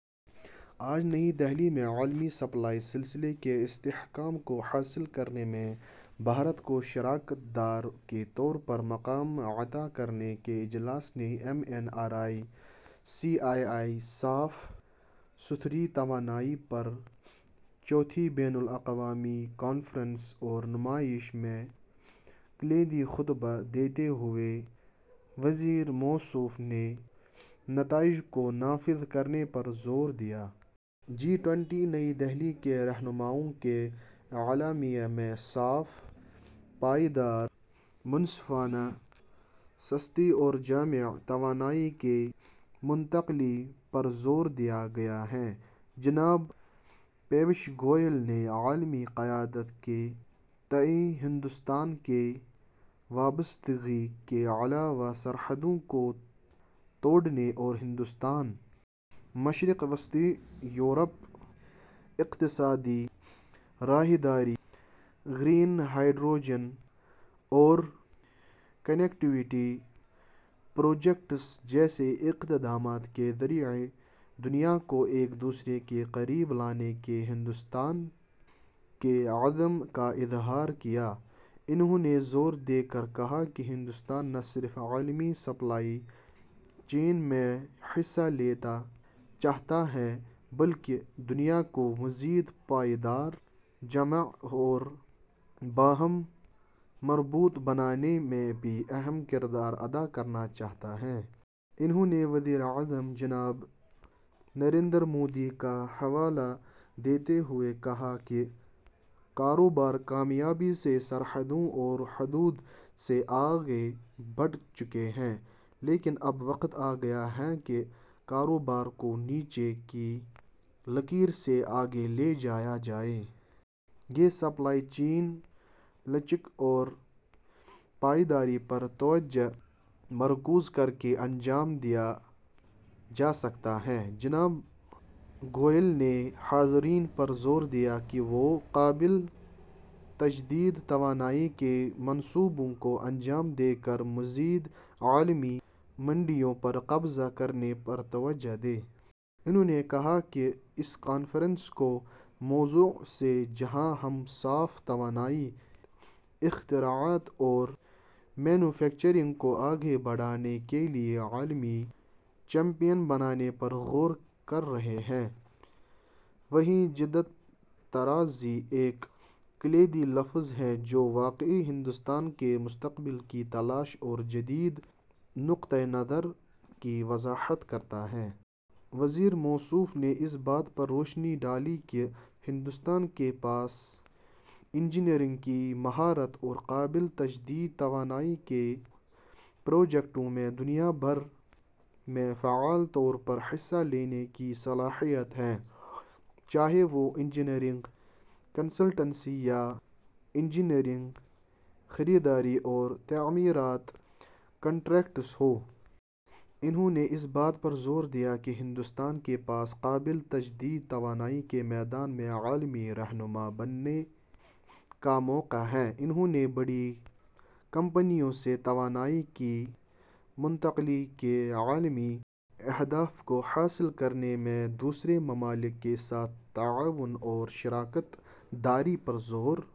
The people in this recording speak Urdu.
آج نئی دہلی میں 'عالمی سپلائی سلسلے کے استحکام کو حاصل کرنے میں بھارت کو شراکت دار کے طور پر مقام عطاکرنے 'کے اجلاس نے 'ایم این آرای -سی آئی آئی: صاف ستھری توانائی پر چوتھی بین الاقوامی کانفرنس اور نمائش' میں کلیدی خطبہ دیتے ہوئے وزیرموصوف نے نتائج کو نافذ کرنے پر زور دیا۔ جی ٹوئنٹی نئی دہلی کے رہنماؤں کے اعلامیہ میں صاف، پائیدار، منصفانہ، سستی اور جامع توانائی کی منتقلی پرزوردیاگیاہے۔ جناب پیوش گوئل نے عالمی قیادت کے تئیں ہندوستان کی وابستگی کے علاوہ سرحدوں کو توڑنےاور ہندوستان۔ مشرق وسطیٰ۔ یورپ اقتصادی راہداری، گرین ہائیڈروجن اور کنیکٹیویٹی پروجیکٹس جیسے اقدامات کے ذریعے دنیا کو ایک دوسرے کے قریب لانے کے ہندوستان کے عزم کااظہارکیا۔ انہوں نے زور دے کر کہا کہ ہندوستان نہ صرف عالمی سپلائی چین میں حصہ لینا چاہتا ہے بلکہ دنیا کو مزید پائیدار، جامع اور باہم مربوط بنانے میں بھی اہم کردار ادا کرنا چاہتا ہے۔ انہوں نے وزیر اعظم جناب نریندر مودی کا حوالہ دیتے ہوئے کہاکہ ''کاروبار کامیابی سے سرحدوں اور حدود سے آگے بڑھ چکے ہیں، لیکن اب وقت آگیا ہے کہ کاروبار کو نیچے کی لکیر سے آگے لے جایا جائے۔ یہ سپلائی چین لچک اور پائیداری پر توجہ مرکوز کرکے انجام دیا جاسکتا ہے۔ '' جناب گوئل نے حاضرین پر زور دیا کہ وہ قابل تجدید توانائی کے منصوبوں کو انجام دے کر مزید عالمی منڈیوں پر قبضہ کرنے پر توجہ دیں۔ انہوں نے کہا کہ اس کانفرنس کے موضوع سے جہاں ہم صاف توانائی، اختراعات اور مینوفیکچرنگ کو آگے بڑھانے کے لیے عالمی چیمپئن بنانے پر غور کر رہے ہیں، وہیں جدت طرازی ایک کلیدی لفظ ہے جو واقعی ہندوستان کے مستقبل کی تلاش اور جدید نقطہ نظر کی وضاحت کرتا ہے۔ وزیر موصوف نے اس بات پر روشنی ڈالی کہ ہندوستان کے پاس انجینئرنگ کی مہارت اور قابل تجدید توانائی کے پروجیکٹوں میں دنیا بھر میں فعال طور پر حصہ لینے کی صلاحیت ہے، چاہے وہ انجینئرنگ، کنسلٹنسی، یا انجینئرنگ، خریداری اورتعمیرات کنٹریکٹس ہو۔ انہوں نے اس بات پر زور دیا کہ ہندوستان کے پاس قابل تجدید توانائی کے میدان میں عالمی رہنما بننے کا موقع ہے۔ انھوں نے بڑی کمپنیوں سے توانائی کی منتقلی کے عالمی اہداف کو حاصل کرنے میں دوسرے ممالک کے ساتھ تعاون اور شراکت داری پر زور